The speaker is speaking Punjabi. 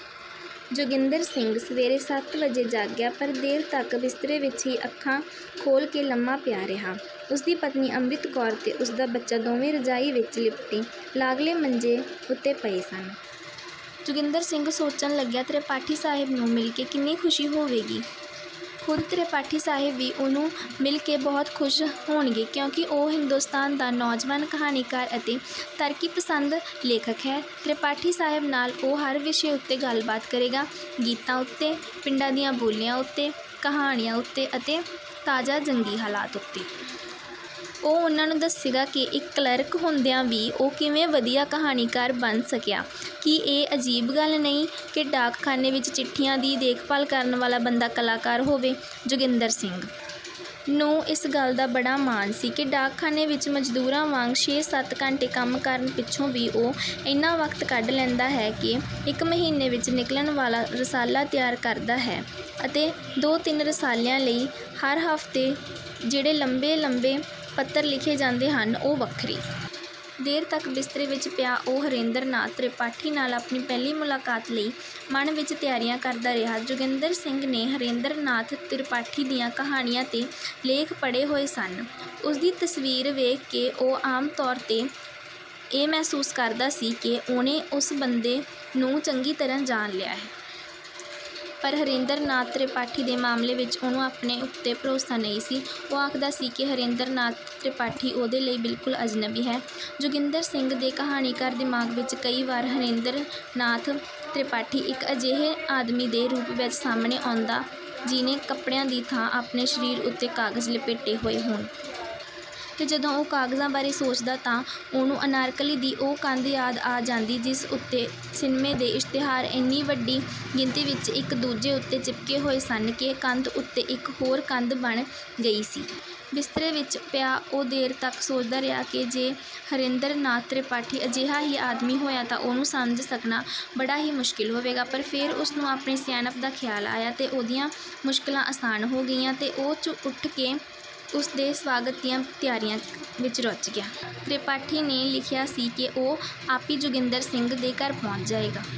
ਜੋਗਿੰਦਰ ਸਿੰਘ ਸਵੇਰੇ ਸੱਤ ਵਜੇ ਜਾਗਿਆ ਪਰ ਦੇਰ ਤਕ ਬਿਸਤਰੇ ਵਿੱਚ ਹੀ ਅੱਖਾਂ ਖੋਲ੍ਹ ਕੇ ਲੰਮਾ ਪਿਆ ਰਿਹਾ। ਉਹਦੀ ਪਤਨੀ ਅੰਮ੍ਰਿਤ ਕੌਰ ਤੇ ਉਹਦਾ ਬੱਚਾ ਦੋਵੇਂ ਰਜਾਈ ਵਿੱਚ ਲਿਪਟੇ ਲਾਗਲੇ ਮੰਜੇ ਉੱਤੇ ਪਏ ਸਨ। ਜੋਗਿੰਦਰ ਸਿੰਘ ਸੋਚਣ ਲੱਗਿਆ, ਤ੍ਰਿਪਾਠੀ ਸਾਹਿਬ ਨੂੰ ਮਿਲ ਕੇ ਕਿੰਨੀ ਖੁਸ਼ੀ ਹੋਵੇਗੀ। ਖੁਦ ਤ੍ਰਿਪਾਠੀ ਸਾਹਿਬ ਵੀ ਉਹਨੂੰ ਮਿਲ ਕੇ ਬਹੁਤ ਖੁਸ਼ ਹੋਣਗੇ ਕਿਉਂਕਿ ਉਹ ਹਿੰਦੋਸਤਾਨ ਦਾ ਨੌਜਵਾਨ ਕਹਾਣੀਕਾਰ ਅਤੇ ਤਰੱਕੀਪਸੰਦ ਲੇਖਕ ਹੈ। ਤ੍ਰਿਪਾਠੀ ਸਾਹਿਬ ਨਾਲ ਉਹ ਹਰ ਵਿਸ਼ੇ ਉੱਤੇ ਗੱਲਬਾਤ ਕਰੇਗਾ, ਗੀਤਾਂ ਉੱਤੇ, ਪਿੰਡਾਂ ਦੀਆਂ ਬੋਲੀਆਂ ਉੱਤੇ, ਕਹਾਣੀਆਂ ਉੱਤੇ ਅਤੇ ਤਾਜ਼ਾ ਜੰਗੀ ਹਾਲਾਤ ਉੱਤੇ। ਉਹ ਉਨ੍ਹਾਂ ਨੂੰ ਦੱਸੇਗਾ ਕਿ ਇੱਕ ਕਲਰਕ ਹੁੰਦਿਆਂ ਵੀ ਉਹ ਕਿਵੇਂ ਵਧੀਆ ਕਹਾਣੀਕਾਰ ਬਣ ਸਕਿਆ। ਕੀ ਇਹ ਅਜੀਬ ਗੱਲ ਨਹੀਂ ਕਿ ਡਾਕਖਾਨੇ ਵਿੱਚ ਚਿੱਠੀਆਂ ਦੀ ਦੇਖਭਾਲ ਕਰਨ ਵਾਲਾ ਬੰਦਾ ਕਲਾਕਾਰ ਹੋਵੇ। ਜੋਗਿੰਦਰ ਸਿੰਘ ਨੂੰ ਇਸ ਗੱਲ ਦਾ ਬੜਾ ਮਾਣ ਸੀ ਕਿ ਡਾਕਖਾਨੇ ਵਿੱਚ ਮਜ਼ਦੂਰਾਂ ਵਾਂਗ ਛੇ-ਸੱਤ ਘੰਟੇ ਕੰਮ ਕਰਨ ਪਿੱਛੋਂ ਵੀ ਉਹ ਇੰਨਾ ਵਕਤ ਕੱਢ ਲੈਂਦਾ ਹੈ ਕਿ ਇੱਕ ਮਹੀਨੇ ਵਿੱਚ ਨਿਕਲਣ ਵਾਲਾ ਰਸਾਲਾ ਤਿਆਰ ਕਰਦਾ ਹੈ ਅਤੇ ਦੋ-ਤਿੰਨ ਰਸਾਲਿਆਂ ਲਈ ਹਰ ਹਫ਼ਤੇ ਜਿਹੜੇ ਲੰਬੇ-ਲੰਬੇ ਪੱਤਰ ਲਿਖੇ ਜਾਂਦੇ ਹਨ, ਉਹ ਵੱਖਰੇ। ਦੇਰ ਤਕ ਬਿਸਤਰੇ ਵਿੱਚ ਪਿਆ ਉਹ ਹਰੇਂਦਰ ਨਾਥ ਤ੍ਰਿਪਾਠੀ ਨਾਲ ਆਪਣੀ ਪਹਿਲੀ ਮੁਲਾਕਾਤ ਲਈ ਮਨ ਵਿੱਚ ਤਿਆਰੀਆਂ ਕਰਦਾ ਰਿਹਾ। ਜੋਗਿੰਦਰ ਸਿੰਘ ਨੇ ਹਰੇਂਦਰ ਨਾਥ ਤ੍ਰਿਪਾਠੀ ਦੀਆਂ ਕਹਾਣੀਆਂ ਤੇ ਲੇਖ ਪੜ੍ਹੇ ਹੋਏ ਸਨ। ਉਹਦੀ ਤਸਵੀਰ ਵੇਖ ਕੇ ਉਹ ਆਮ ਤੌਰ ਉੱਤੇ ਇਹ ਮਹਿਸੂਸ ਕਰਦਾ ਸੀ ਕਿ ਉਹਨੇ ਉਸ ਬੰਦੇ ਨੂੰ ਚੰਗੀ ਤਰ੍ਹਾਂ ਜਾਣ ਲਿਆ ਹੈ। ਪਰ ਹਰੇਂਦਰ ਨਾਥ ਤ੍ਰਿਪਾਠੀ ਦੇ ਮਾਮਲੇ ਵਿੱਚ ਉਹਨੂੰ ਆਪਣੇ ਉੱਤੇ ਭਰੋਸਾ ਨਹੀਂ ਸੀ। ਉਹ ਆਖਦਾ ਸੀ ਕਿ ਹਰੇਂਦਰ ਨਾਥ ਤ੍ਰਿਪਾਠੀ ਉਹਦੇ ਲਈ ਬਿਲਕੁਲ ਅਜਨਬੀ ਹੈ। ਜੋਗਿੰਦਰ ਸਿੰਘ ਦੇ ਕਹਾਣੀਕਾਰ ਦਿਮਾਗ ਵਿੱਚ ਕਈ ਵਾਰ ਹਰੇਂਦਰ ਨਾਥ ਤ੍ਰਿਪਾਠੀ ਇੱਕ ਅਜਿਹੇ ਆਦਮੀ ਦੇ ਰੂਪ ਵਿੱਚ ਸਾਹਮਣੇ ਆਉਂਦਾ ਜੀਹਨੇ ਕੱਪੜਿਆਂ ਦੀ ਥਾਂ ਆਪਣੇ ਸਰੀਰ ਉੱਤੇ ਕਾਗਜ਼ ਲਪੇਟੇ ਹੋਏ ਹੋਣ। ਤੇ ਜਦੋਂ ਉਹ ਕਾਗਜ਼ਾਂ ਬਾਰੇ ਸੋਚਦਾ ਤਾਂ ਉਹਨੂੰ ਅਨਾਰਕਲੀ ਦੀ ਉਹ ਕੰਧ ਯਾਦ ਆ ਜਾਂਦੀ ਜਿਸ ਉੱਤੇ ਸਿਨਮੇ ਦੇ ਇਸ਼ਤਿਹਾਰ ਇੰਨੀ ਵੱਡੀ ਗਿਣਤੀ ਵਿੱਚ ਇੱਕ ਦੂਜੇ ਉੱਤੇ ਚਿਪਕੇ ਹੋਏ ਸਨ ਕਿ ਕੰਧ ਉੱਤੇ ਇੱਕ ਹੋਰ ਕੰਧ ਬਣ ਗਈ ਸੀ। ਬਿਸਤਰੇ ਵਿੱਚ ਪਿਆ ਉਹ ਦੇਰ ਤਕ ਸੋਚਦਾ ਰਿਹਾ ਕਿ ਜੇ ਹਰੇਂਦਰ ਨਾਥ ਤ੍ਰਿਪਾਠੀ ਅਜਿਹਾ ਹੀ ਆਦਮੀ ਹੋਇਆ ਤਾਂ ਉਹਨੂੰ ਸਮਝ ਸਕਣਾ ਬੜਾ ਹੀ ਮੁਸ਼ਕਲ ਹੋਵੇਗਾ। ਪਰ ਫੇਰ ਉਹਨੂੰ ਆਪਣੀ ਸਿਆਣਪ ਦਾ ਖਿਆਲ ਆਇਆ ਤੇ ਉਹਦੀਆਂ ਮੁਸ਼ਕਲਾਂ ਆਸਾਨ ਹੋ ਗਈਆਂ ਅਤੇ ਉਹ ਉੱਠ ਕੇ ਉਸ ਦੇ ਸਵਾਗਤ ਦੀਆਂ ਤਿਆਰੀਆਂ ਵਿੱਚ ਰੁੱਝ ਗਿਆ। ਤ੍ਰਿਪਾਠੀ ਨੇ ਲਿਖਿਆ ਸੀ ਕਿ ਉਹ ਆਪੀਂ ਜੋਗਿੰਦਰ ਸਿੰਘ ਦੇ ਘਰ ਪਹੁੰਚ ਜਾਏਗਾ।